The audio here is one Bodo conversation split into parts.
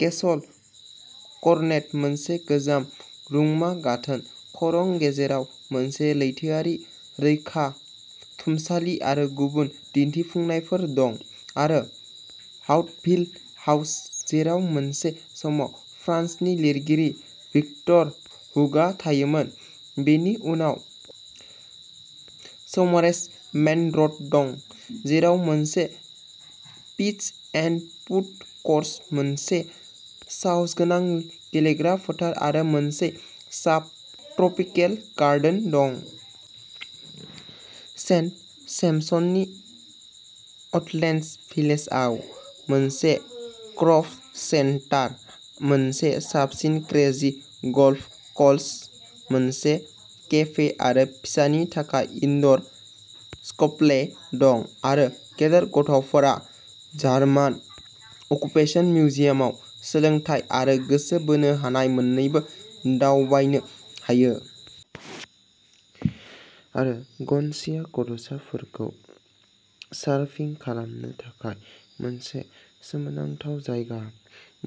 केसल करनेट मोनसे गोजाम रुंमा गाथोन खरं जेराव मोनसे लैथोआरि रैखाथुमसालि आरो गुबुन दिन्थिफुंनायफोर दं। आरो हाउटेभिल हाउस जेराव मोनसे समाव फ्रान्सनि लिरगिरि भिक्टर हयुग'आ थायोमोन। बेनि उनाव सौमारेज मेन'र दं। जेराव मोनसे पिच एन्ड पुट क'र्स मोनसे साहसगोनां गेलेग्रा फोथार आरो मोनसे साब ट्रपिकेल गार्डेन दं। सेन्ट सेम्पसननि अटलेन्डस भिलेजआव मोनसे क्राफ्ट सेन्टार मोनसे साबसिन क्रेजि गल्फ क'र्स मोनसे केफे आरो फिसाफोरनि थाखाय इनड'र सफ्टप्ले दं। आरो गेदेर गथ'फोरा जार्मान अकुपेसन मिउजियामाव सोलोंथाइ आरो गोसो बोनो हानाय मोननैबो दावबायनो हायो। आरो गार्नसीआ गथ'साफोरखौ सारफिं खालामनो थाखाय मोनसे सोमोनांथाव जायगा।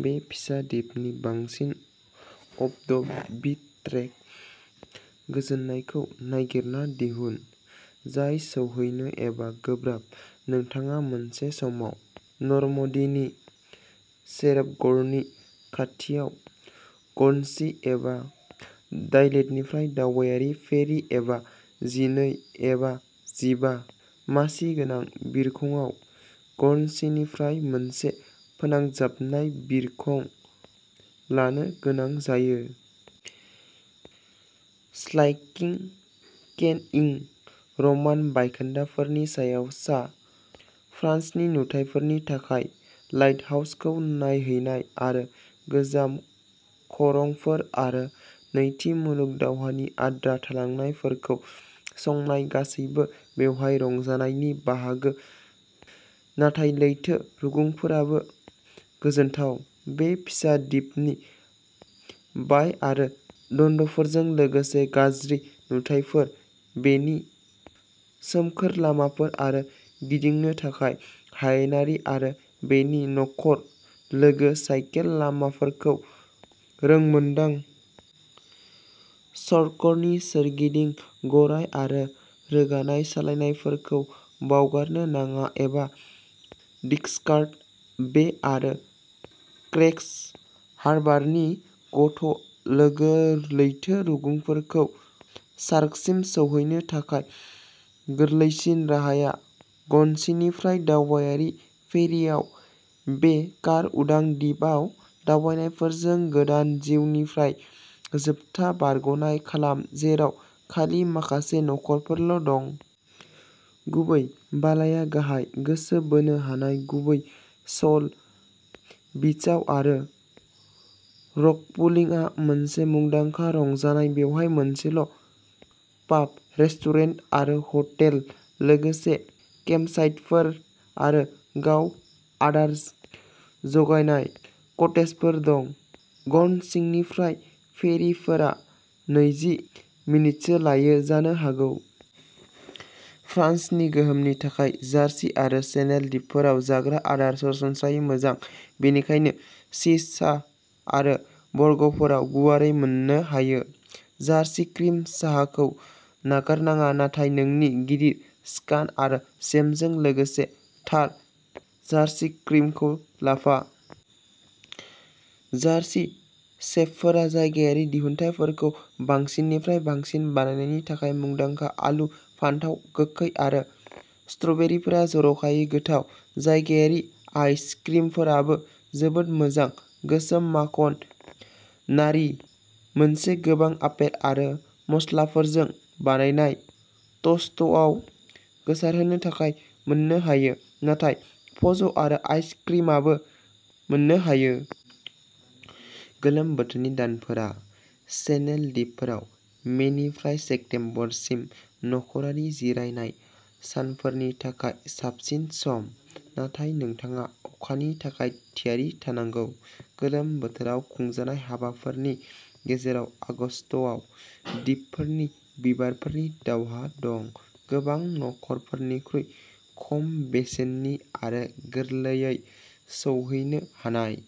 बे फिसा दिपनि बांसिन अफ द बिट ट्रेक गोजोननायखौ नागिरना दिहुन। जाय सौहैनो एबा गोब्राब नोंथाङा मोनसे नाव नर्मडिनि चेरबर्गनि खाथियाव गर्नसी एबा डायलेटनिफ्राय दावबायारि फेरि एबा जिनै एबा जिबा मासि गोनां बिरखंआव गार्नसीनिफ्राय मोनसे फोनांजाबनाय बिरखं लानो गोनां जायो। स्लाइक्लिं केन इं। रमान बायखोन्दाफोरनि सायाव सा फ्रान्सनि नुथायफोरनि थाखाय लाइटहाउसखौ नायहैनाय आरो गोजाम खरंफोर आरो नैथि मुलुग दावहानि आद्रा थालांनायफोरखौ संनाय गासैबो बेवहाय रंजानायनि बाहागो नाथाय लैथो रुगुंफोराबो गोजोनथाव। बे फिसा दिपनि बाय आरो दन्दरफोरजों लोगोसे गाज्रि नुथाइफोर बेनि सोमखोर लामाफोर आरो गिदिंनो थाखाय हायेनारि आरो बेनि नखर लोगो साइकेल लामाफोरखौ रोंमोनदां। सर्क'नि सोरगिदिं गराय आरो रोगानाय सालायनायखौ बावगारनो नाङा एबा डिक्सकार्ट बे आरो क्रेक्स हार्बारनि गथ' लोगो लैथो रुगुंफोरखौ। सार्कसिम सौहैनो थाखाय गोरलैसिन राहाया गार्नसिनिफ्राय दावबायारि फेरिआव। बे कार उदां दिपआव दावबायनायजों गोदान जिउनिफ्राय जोबथा बारग'नाय खालाम जेराव खालि माखासे नखरफोरल' दं। गुबै बालाया गाहाय गोसो बोनो हानाय गुबैयै शेल बीचआव आरो रकपुलिंआ मोनसे मुंदांखा रंजानाय। बेवहाय मोनसेल' पाब रेस्टुरेन्ट आरो हटेल लोगोसे केम्पसाइटफोर आरो गाव आदार जगायनाय कटेजफोर दं। गार्नसिनिफ्राय फेरिफोरा नैजि मिनिटसो लायो जानो हागौ। फ्रान्सनि गोहोमनि थाखाय जार्सि आरो चेनेल दिपफोराव जाग्रा आदारा सरासनस्रायै मोजां बबेखानि चिप्स आरो बार्गारफोरा गुवारै मोननो हायो। जार्सि क्रिम साहाखौ नागारनाङा नाथाय नोंनि गिदिर स्कन आरो जेमजों लोगोसे थार जार्सि क्रिमखौ लाफा। जार्सि सेफफोरा जायगायारि दिहुनथायफोरखौ बांसिननिफ्राय बांसिन बानायनायनि थाखायबो मुंदांखा आलु फानथाव गोखै आरो स्ट्रबेरीफोरा जर'खायै गोथाव। जायगायारि आइस क्रिमफोराबो जोबोद मोजां गोसोम माखन नागिर मोनसे गोबां आपेल आरो मस्लाफोरजों बानायनाय ट'स्टआव गोसारहोनो थाखाय मोननो हायो नाथाय फज आरो आइस क्रिमआवबो मोननो हायो। गोलोम बोथोरनि दानफोरा चेनेल दिपफोराव मेनिफ्राय सेप्तेम्बरसिम नखरारि जिरायनाय सानफोरनि थाखाय साबसिन सम नाथाय नोंथाङा अखानि थाखाय थियारि थानांगौ। गोलोम बोथोराव खुंजानाय हाबाफारिफोरनि गेजेराव आगस्तआव दिपफोरनि बिबारफोरनि दावहा दं। गोबां नखरफोरनिख्रुइ खम बेसेननि आरो गोरलैयै सौहैनो हानाय।